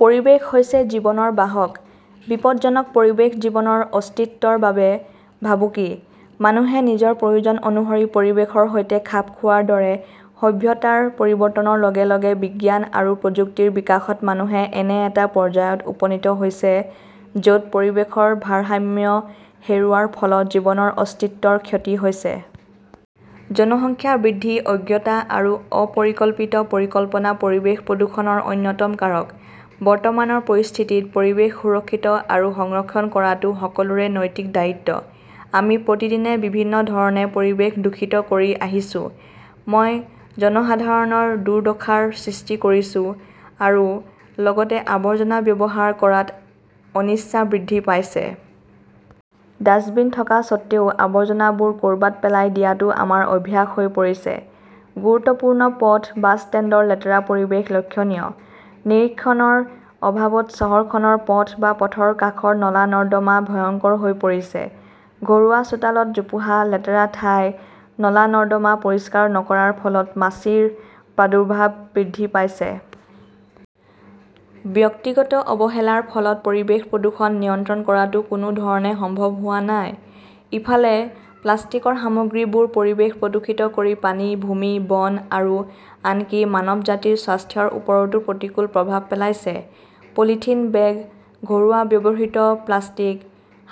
পৰিৱেশ হৈছে জীৱনৰ বাহক। বিপদজনক পৰিৱেশ জীৱনৰ অস্তিত্বৰ বাবে ভাবুকি। মানুহে নিজৰ প্ৰয়োজন অনুসৰি পৰিৱেশৰ সৈতে খাপ খোৱাৰ দৰে, সভ্যতাৰ পৰিৱৰ্তনৰ লগে লগে বিজ্ঞান আৰু প্ৰযুক্তিৰ বিকাশত মানুহে এনে এটা পৰ্যায়ত উপনীত হৈছে য 'ত পৰিৱেশৰ ভাৰসাম্য হেৰুওৱাৰ ফলত জীৱনৰ অস্তিত্বৰ ক্ষতি হৈছে। জনসংখ্যা বৃদ্ধি, অজ্ঞতা আৰু অপৰিকল্পিত পৰিকল্পনা পৰিৱেশ প্ৰদূষণৰ অন্যতম কাৰক। বৰ্তমানৰ পৰিস্থিতিত পৰিৱেশ সুৰক্ষিত আৰু সংৰক্ষণ কৰাটো সকলোৰে নৈতিক দায়িত্ব। আমি প্ৰতিদিনে বিভিন্ন ধৰণে পৰিৱেশ দূষিত কৰি আহিছো। মই জনসাধাৰণৰ দুৰ্দশাৰ সৃষ্টি কৰিছো, আৰু লগতে আৱৰ্জনা ব্যৱহাৰ কৰাত অনিচ্ছা বৃদ্ধি পাইছে। ডাস্টবিন থকা স্বত্বেও আৱৰ্জনাবোৰ ক 'ৰবাত পেলাই দিয়াটো আমাৰ অভ্যাস হৈ পৰিছে। গুৰুত্বপূৰ্ণ পথ, বাছ ষ্টেণ্ডৰ লেতেৰা পৰিৱেশ লক্ষণীয়। নিৰীক্ষণৰ অভাৱত চহৰখনৰ পথ বা পথৰ কাষৰ নলা-নৰ্দমা ভয়ংকৰ হৈ পৰিছে। ঘৰুৱা চোতালত জোপোহা, লেতেৰা ঠাই, নলা-নৰ্দমা পৰিষ্কাৰ নকৰাৰ ফলত মাছিৰ প্ৰাদুৰ্ভাৱ বৃদ্ধি পাইছে। ব্যক্তিগত অৱহেলাৰ ফলত পৰিৱেশ প্ৰদূষণ নিয়ন্ত্ৰণ কৰাটো কোনো ধৰণে সম্ভৱ হোৱা নাই। ইফালে, প্লাষ্টিকৰ সামগ্ৰীবোৰে পৰিৱেশ প্ৰদূষিত কৰি পানী, ভূমি, বন আৰু আনকি মানৱজাতিৰ স্বাস্থ্যৰ ওপৰতো প্ৰতিকূল প্ৰভাৱ পেলাইছে। পলিথিন বেগ, ঘৰুৱা ব্যৱহৃত প্লাষ্টিক,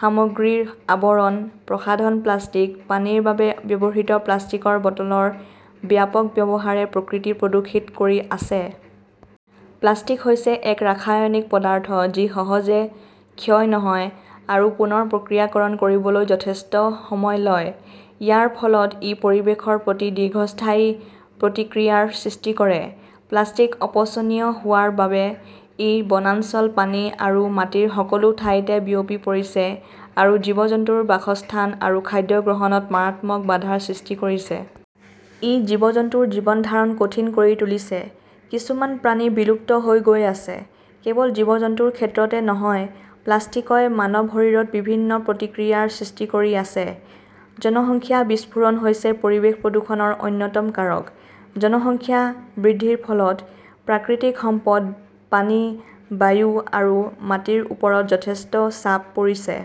সামগ্ৰীৰ আৱৰণ, প্ৰসাধন প্লাষ্টিক, পানীৰ বাবে ব্যৱহৃত প্লাষ্টিকৰ বটলৰ ব্যাপক ব্যৱহাৰে প্ৰকৃতি প্ৰদূষিত কৰি আছে। প্লাষ্টিক হৈছে এক ৰাসায়নিক পদাৰ্থ, যি সহজে ক্ষয় নহয় আৰু পুনৰ প্ৰক্ৰিয়াকৰণ কৰিবলৈ যথেষ্ট সময় লয়। ইয়াৰ ফলত ই পৰিৱেশৰ প্ৰতি দীৰ্ঘস্থায়ী প্ৰতিক্ৰিয়াৰ সৃষ্টি কৰে। প্লাষ্টিক অপচনীয় হোৱাৰ বাবে ই বনাঞ্চল, পানী আৰু মাটিৰ সকলো ঠাইতে বিয়পি পৰিছে আৰু জীৱ-জন্তুৰ বাসস্থান আৰু খাদ্য গ্ৰহণত মাৰাত্মক বাধাৰ সৃষ্টি কৰিছে। ই জীৱ-জন্তুৰ জীৱন ধাৰণ কঠিন কৰি তুলিছে। কিছুমান প্ৰাণী বিলুপ্ত হৈ গৈ আছে। কেৱল জীৱ-জন্তুৰ ক্ষেত্ৰতে নহয়, প্লাষ্টিকই মানৱ শৰীৰত বিভিন্ন প্ৰতিক্ৰিয়াৰ সৃষ্টি কৰি আছে। জনসংখ্যা বিস্ফোৰণ হৈছে পৰিৱেশ প্ৰদূষণৰ অন্যতম কাৰক। জনসংখ্যা বৃদ্ধিৰ ফলত প্ৰাকৃতিক সম্পদ, পানী, বায়ু আৰু মাটিৰ ওপৰত যথেষ্ট চাপ পৰিছে।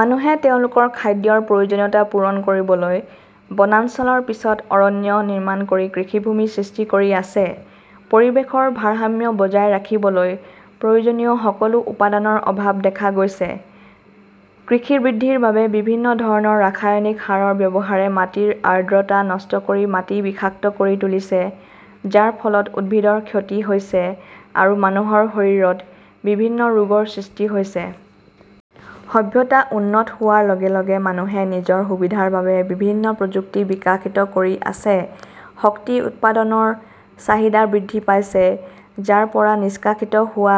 মানুহে তেওঁলোকৰ খাদ্যৰ প্ৰয়োজনীয়তা পূৰণ কৰিবলৈ বনাঞ্চলৰ পিছত অৰণ্য নিৰ্মাণ কৰি কৃষিভূমি সৃষ্টি কৰি আছে। পৰিৱেশৰ ভাৰসাম্য বজাই ৰাখিবলৈ প্ৰয়োজনীয় সকলো উপাদানৰ অভাৱ দেখা গৈছে। কৃষি বৃদ্ধিৰ বাবে বিভিন্ন ধৰণৰ ৰাসায়নিক সাৰৰ ব্যৱহাৰে মাটিৰ আৰ্দ্ৰতা নষ্ট কৰি মাটি বিষাক্ত কৰি তুলিছে, যাৰ ফলত উদ্ভিদৰ ক্ষতি হৈছে আৰু মানুহৰ শৰীৰত বিভিন্ন ৰোগৰ সৃষ্টি হৈছে। সভ্যতা উন্নত হোৱাৰ লগে লগে মানুহে নিজৰ সুবিধাৰ বাবে বিভিন্ন প্ৰযুক্তি বিকশিত কৰি আছে, শক্তি উৎপাদনৰ চাহিদা বৃদ্ধি পাইছে, যাৰ পৰা নিষ্কাশিত হোৱা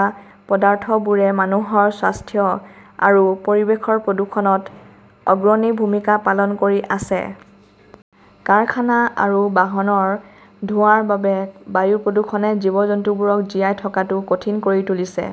পদাৰ্থবোৰে মানুহৰ স্বাস্থ্য আৰু পৰিৱেশৰ প্ৰদূষণত অগ্ৰণী ভূমিকা পালন কৰি আছে। কাৰখানা আৰু বাহনৰ ধোঁৱাৰ বাবে বায়ু প্ৰদূষণে জীৱ-জন্তুবোৰক জীয়াই থকাটো কঠিন কৰি তুলিছে।